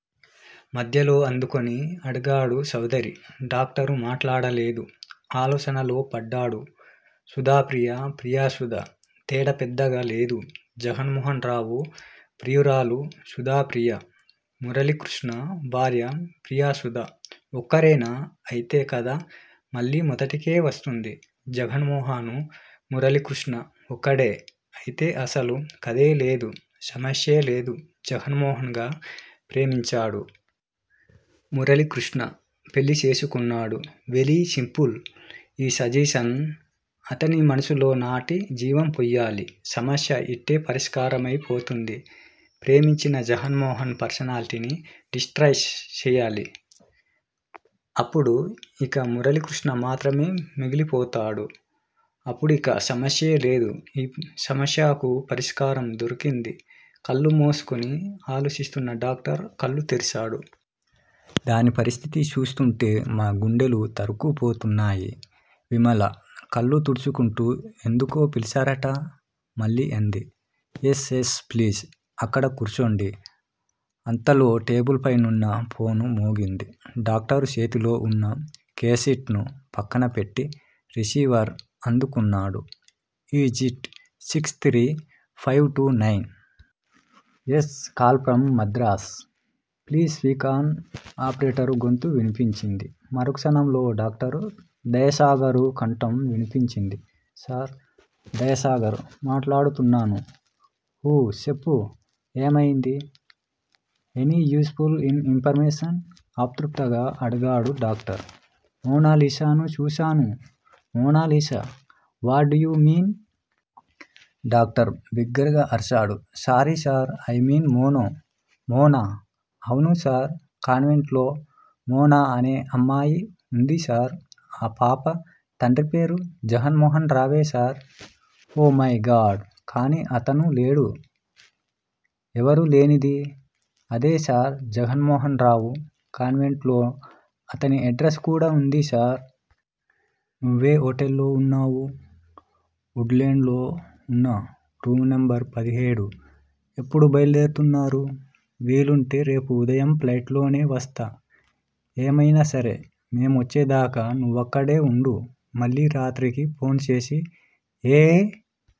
మధ్యలో అందుకొని అడిగాడు చౌదరి. డాక్టర్ మాట్లాడలేదు, ఆలోచనలో పడ్డాడు. సుధాప్రియ ప్రియసుధ! తేడా పెద్దగాలేదు. జగన్మోహన్ రావు ప్రియురాలు సుధాప్రియా, మురళీకృష్ణ భార్య ప్రియసుధా ఒక్కరేనా? ఐతే కథ మళ్ళీ మొదటికే వస్తుంది. జగన్మోహనూ, మురళీకృష్ణా ఒక్కడే. ఐతే అసలు కథేలేదు. సమస్యేలేదు! జగన్మోహన్ గా ప్రేమించాడు. మురళీకృష్ణ పెళ్ళిచేసుకున్నాడు. వెలీసింపుల్! ఈ సజెషన్ అతని మనసులో నాటి జీవం పొయ్యాలి. సమస్య యిట్టే పరిష్కారమైపోతుంది. ప్రేమించిన జగన్మోహన్ పర్సనాలిటీని డిస్ట్రాయ్ చేసెయ్యాలి. అప్పుడు యిక మురళీకృష్ణ మాత్రమే మిగిలిపోతాడు. అపుడిక సమస్యేలేదు. ఈ సమస్యకు పరిష్కారం దొరికింది. కళ్ళుమూసుకొని ఆలోచిస్తున్న డాక్టర్ కళ్ళు తెరిచాడు. దాని పరిస్థితి చూస్తూంటే మా గుండెలు తరుక్కుపోతున్నాయి. విమల కళ్ళుతుడుచుకుంటూ ఎందుకో పిల్చారట మళ్ళీ అంది. యస్. యస్. ప్లీజ్! అక్కడ కూర్చోండి. అంతలో టేబుల్ పైనున్న ఫోను మోగింది. డాక్టర్ చేతిలో ఉన్న కేసెట్ ను పక్కకు పెట్టి రిసీవర్ అందుకున్నాడు. Is it six three five two nine? Yes! Call from Madras! Please speak on! Operator గొంతు వినిపించింది. మరుక్షణంలో డాక్టర్ దయాసాగరు కంఠం విన్పించింది. సార్! దయాసాగర్ మాట్లాడుతున్నాను. ఊ చెప్పు! ఏమైంది! Any useful information? ఆతృతగా అడిగాడు డాక్టర్. మోనాలిసాను చూశాను! Mona Lisa? What do you mean? Doctor బిగ్గరగా అరిచాడు. Sorry sir! I mean Mono! Mona? అవును సార్! కాన్వెంటులో మోనా అనే అమ్మాయి వుంది సార్! ఆ పాప తండ్రిపేరు? జగన్మోహన్ రావే సార్! Oh my god! కానీ అతను లేడు. ఎవరూ లేనిది? అదేసార్! జగన్మోహన్ రావు. కాన్వెంటులో అతని అడ్రస్ కూడా ఉందిసార్! నువ్వే హోటల్లో ఉన్నావ్? ఉడ్ లాండ్సు లో ఉన్నా? Room number? పదిహేడు. ఎప్పుడు బయలుదేరుతున్నారు? వీలుంటే రేపు ఉదయం ఫ్లయిట్ లోనే వస్తాం. ఏమైనాసరే మేమొచ్చేదాకా నువ్వక్కడే ఉండు మళ్ళీ రాత్రికి ఫోన్ చేసి ఏ